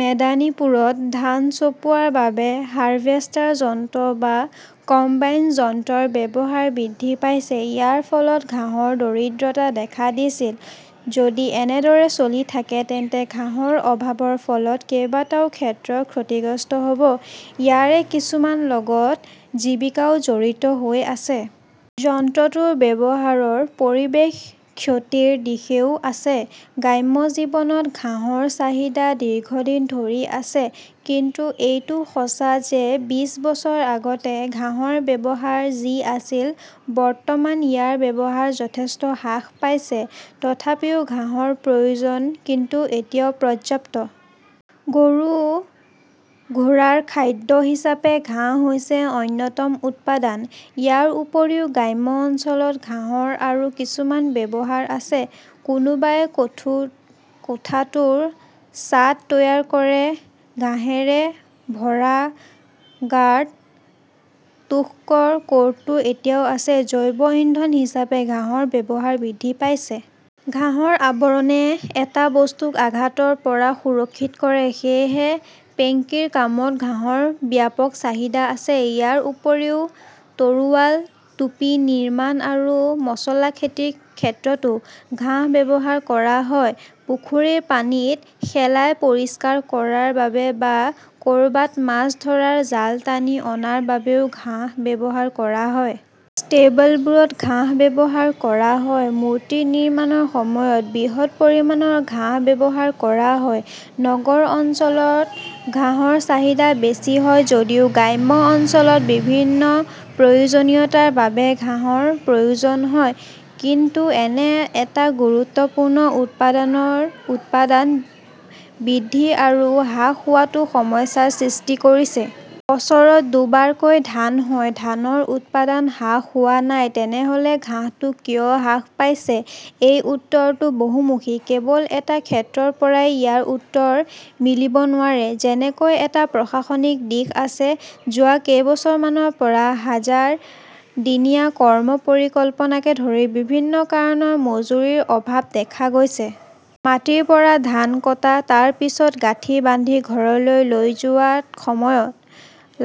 মেদিনীপুৰত ধান চপোৱাৰ বাবে হাৰভেষ্টাৰ যন্ত্ৰ বা কম্বাইন যন্ত্ৰৰ ব্যৱহাৰ বৃদ্ধি পাইছে। ইয়াৰ ফলত ঘাঁহৰ দৰিদ্ৰতা দেখা দিছিল। যদি এনেদৰে চলি থাকে তেন্তে ঘাঁহৰ অভাৱৰ ফলত কেইবাটাও ক্ষেত্ৰ ক্ষতিগ্ৰস্ত হ'ব। ইয়াৰে কিছুমানৰ লগত জীৱিকাও জড়িত হৈ আছে। যন্ত্ৰটোৰ ব্যৱহাৰৰ পৰিৱেশৰ ক্ষতিৰ দিশও আছে। গ্ৰাম্য জীৱনত ঘাঁহৰ চাহিদা দীৰ্ঘদিন ধৰি আছে। কিন্তু এইটোও সঁচা যে বিশ বছৰ আগতে ঘাঁহৰ ব্যৱহাৰ যি আছিল, বৰ্তমান ইয়াৰ ব্যৱহাৰ যথেষ্ট হ্ৰাস পাইছে। তথাপিও ঘাঁহৰ প্ৰয়োজন কিন্তু এতিয়াও পৰ্যাপ্ত। গৰু-ঘোঁৰাৰ খাদ্য হিচাপে ঘাঁহ হৈছে অন্যতম উপাদান। ইয়াৰ উপৰিও গ্ৰাম্য অঞ্চলত ঘাঁহৰ আৰু কিছু ব্যৱহাৰ আছে। কোনোবাই কোঠাটোৰ ছাদ তৈয়াৰ কৰে। ঘাঁহৰে ভৰা গাৰ্ড, তোশকৰ কডৰো এতিয়াও আছে। জৈৱ ইন্ধন হিচাপে ঘাঁহৰ ব্যৱহাৰ বৃদ্ধি পাইছে। ঘাঁহৰ আৱৰণে এটা বস্তুক আঘাতৰ পৰা সুৰক্ষিত কৰে। সেয়েহে পেকিংৰ কামত ঘাঁহৰ ব্যাপক চাহিদা আছে। ইয়াৰ উপৰিও, তৰোৱাল, টুপী নিৰ্মাণ আৰু মচলা খেতিৰ ক্ষেত্ৰতো ঘাহ ব্যৱহাৰ কৰা হয়। পুখুৰীৰ পানীত শেলাই পৰিষ্কাৰ কৰাৰ বাবে বা কৰবাত মাছ ধৰাৰ জাল টানি অনাৰ বাবেও ঘাঁহ ব্যৱহাৰ কৰা হয়। ষ্টেবলবোৰত ঘাঁহ ব্যৱহাৰ কৰা হয়। মূৰ্তি নিৰ্মাণৰ সময়ত বৃহৎ পৰিমাণৰ ঘাঁহ ব্যৱহাৰ কৰা হয়। নগৰ অঞ্চলত ঘাঁহৰ চাহিদা বেছি নহয় যদিও গ্ৰাম্য অঞ্চলত বিভিন্ন প্ৰয়োজনীয়তাৰ বাবে ঘাঁহৰ প্ৰয়োজন হয়। কিন্তু এনে এটা গুৰুত্বপূৰ্ণ উপাদানৰ উৎপাদন বৃদ্ধি আৰু হ্ৰাস হোৱাটোৱে সমস্যাৰ সৃষ্টি কৰিছে। বছৰত দুবাৰকৈ ধান হয়। ধানৰ উৎপাদন হ্ৰাস হোৱা নাই। তেনেহ'লে ঘাঁহটো কিয় হ্ৰাস পাইছে? এই উত্তৰটো বহুমুখী। কেৱল এটা ক্ষেত্ৰৰ পৰাই ইয়াৰ উত্তৰ মিলিব নোৱাৰে। যেনেকৈ এটা প্ৰশাসনিক দিশ আছে। যোৱা কেইবছৰমানৰ পৰা হাজাৰ দিনীয়া কৰ্ম পৰিকল্পনাকে ধৰি বিভিন্ন কাৰণত মজুৰিৰ অভাব দেখা গৈছে। মাটিৰ পৰা ধান কটা, তাৰ পিছত গাঁঠি বান্ধি ঘৰলৈ লৈ যোৱাত সময়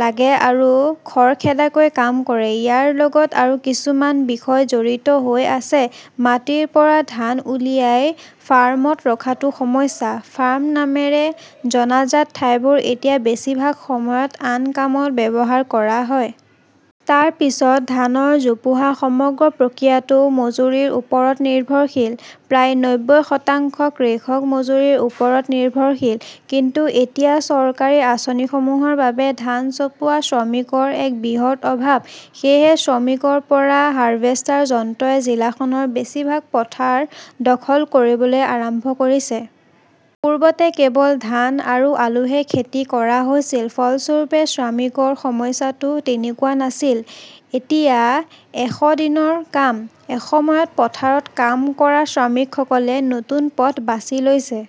লাগে আৰু খৰখেদাকৈ কাম কৰে। ইয়াৰ লগত আৰু কিছুমান বিষয় জড়িত হৈ আছে। মাটিৰ পৰা ধান উলিয়াই ফাৰ্মত ৰখাটো সমস্যা। ফাৰ্ম নামেৰে জনাজাত ঠাইবোৰ এতিয়া বেছিভাগ সময়ত আন কামত ব্যৱহাৰ কৰা হয়। তাৰ পিছত ধানৰ জোপোহা। সমগ্ৰ প্ৰক্ৰিয়াটো মজুৰিৰ ওপৰত নিৰ্ভৰশীল। প্ৰায় নব্বৈ শতাংশ কৃষক মজুৰিৰ ওপৰত নিৰ্ভৰশীল। কিন্তু এতিয়া চৰকাৰী আঁচনিসমূহৰ বাবে ধান চপোৱা শ্ৰমিকৰ এক বৃহৎ অভাৱ! সেয়েহে শ্ৰমিকৰ পৰা হাৰভেষ্টাৰ যন্ত্ৰই জিলাখনৰ বেছিভাগ পথাৰ দখল কৰিবলৈ আৰম্ভ কৰিছে। পূৰ্বতে কেৱল ধান আৰু আলুহে খেতি কৰা হৈছিল। ফলস্বৰূপে, শ্ৰমিকৰ সমস্যাটো তেনেকুৱা নাছিল। এতিয়া এশ দিনৰ কাম। এসময়ত পথাৰত কাম কৰা শ্ৰমিকসকলে নতুন পথ বাছি লৈছে।